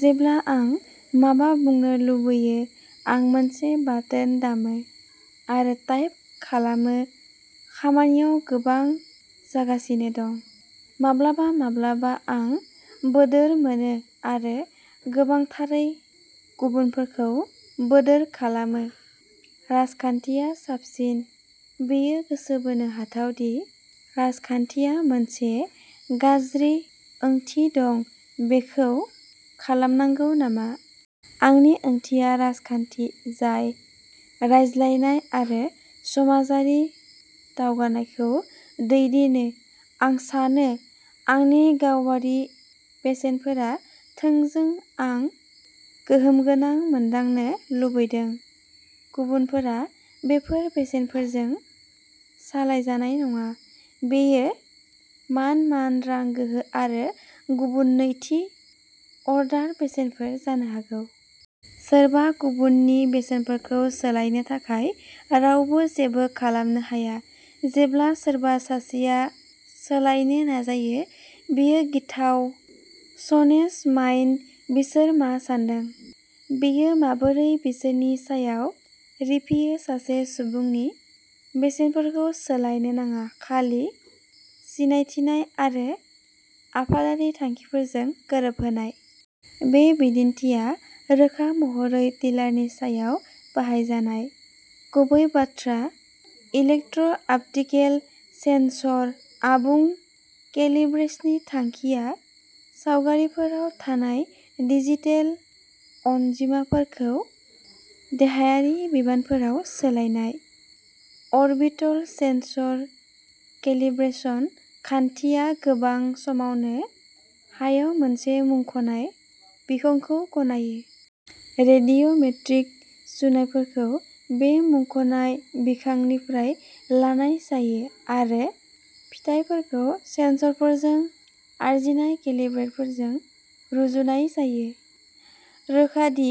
जेब्ला आं माबा बुंनो लुबैयो आं मोनसे बाटोन दामो आरो टाइप खालामो खामानियाव गोबां जागासिनो दं। माब्लाबा माब्लाबा आं बोदोर मोनो आरो गोबांथारै गुबुनफोरखौ बोदोर खालामो राजखान्थिया साबसिन। बेयो गोसो बोनो हाथाव दि राजखान्थिया मोनसे गाज्रि ओंथि दं बेखौ खालामनांगौ नामा? आंनि ओंथिया राजखान्थि जाय रायज्लायनाय आरो समाजारि दावगानायखौ दैदेनो आं सानो आंनि गावारि बेसेनफोरा थोंजों आं गोहोम गोनां मोनदांनो लुबैदों। गुबुनफोरा बेफोर बेसेनफोरजों सालायजानाय नङा बेयो मान मान रां गोहो आरो गुबुन नैथि अर्डार बेसेनफोर जानो हागौ। सोरबा गुबुननि बेसेनफोरखौ सोलायनो थाखाय रावबो जेबो खालामनो हाया। जेब्ला सोरबा सासेया सोलायनो नाजायो बेयो गिथाव चनेज माइन बिसोर मा सान्दों? बेयो माबोरै बिसोरनि सायाव रिफियो सासे सुबुंनि बेसेनफोरखौ सोलायनो नाङा खालि सिनायथिनाय आरो आफादारि थांखिफोरजों गोरोबहोनाय। बे बिदिन्थिआ रोखा महरै टिलारनि सायाव बाहायजानाय। गुबै बाथ्रा इलेक्ट्र अप्टिकेल सेनसर आबुं केलिब्रेशननि थांखिया सावगारिफोराव थानाय डिजिटेल अनजिमाफोरखौ देहायारि बिबांफोराव सोलायनाय। अरबिटल सेनसर केलिब्रेशन खान्थिया गोबां समावनो हायाव मोनसे मुंख'नाय बिखंखौ गनायो। रेडिय'मेट्रिक सुनायफोरखौ बे मुंख'नाय बिखंनिफ्राय लानाय जायो आरो फिथायफोरखौ सेनसरफोरजों आरजिनाय केलिब्रेटफोरजों रुजुनाय जायो। रोखा दि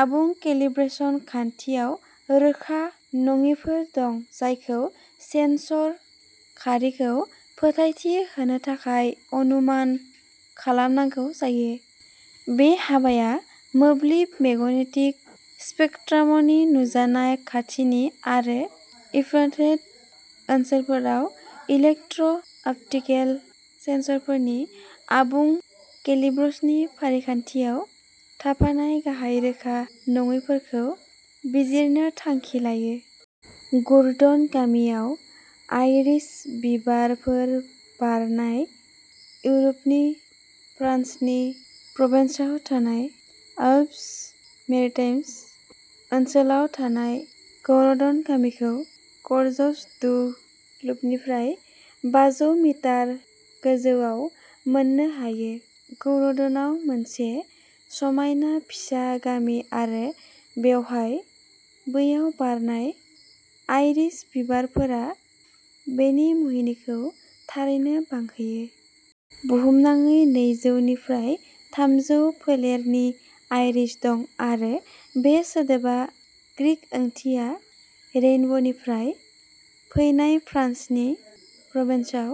आबुं केलिब्रेशन खान्थियाव रोखा नङिफोर दं जायखौ सेनसर खारिखौ फोथायथि होनो थाखाय अनुमान खालामनांगौ जायो। बे हाबाया मोब्लिब मेगनेटिक स्पेकट्रामनि नुजानाय खाथिनि आरो गेजेर इन्फ्रारेड ओनसोलफोराव इलेक्ट्र अप्टिकेल सेनसरफोरनि आबुं केलिब्रेशननि फारिखान्थियाव थाफानाय गाहाय रोखा नङैफोरखौ बिजिरनो थांखि लायो। गुरडन गामियाव आइरिस बिबारफोर बारनाय इउरपनि फ्रान्सनि प्रभेन्सआव थानाय आल्प्स मेरिटाइम्स ओनसोलाव थानाय गौरडन गामिखौ गर्जेस डु लुपनिफ्राय बाजौ मिटार गोजौआव मोननो हायो। गौरडनआ मोनसे समायना फिसा गामि आरो बेवहाय बैयाव बारनाय आइरिस बिबारफोरा बेनि मुहिनिखौ थारैनो बांहोयो। बुहुमनाङै नैजौ निफ्राय थामजौ फोलेरनि आइरिस दं आरो बे सोदोबा ग्रीक ओंथिया रेइनबनिफ्राय फैनाय फ्रान्सनि प्रभेन्सआव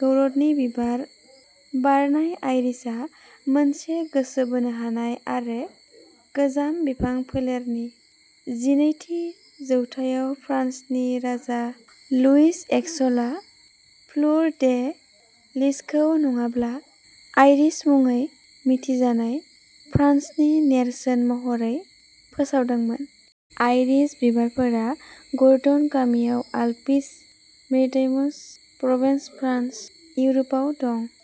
गौरडननि बिबार बारनाय आइरिसआ मोनसे गोसो बोनो हानाय आरो गोजाम बिफां फोलेरनि। जिनैथि जौथायाव फ्रान्सनि राजा लुइस एक्सलआ फ्लुर डे लिसखौ नङाब्ला आइरिस मुङै मिथिजानाय फ्रान्सनि नेरसोन महरै फोसावदोंमोन। आइरिस बिबारफोरा गुरडन गामियाव आल्प्स मेरिटाइम्स प्रभेन्स फ्रान्स इउर'पआव दं।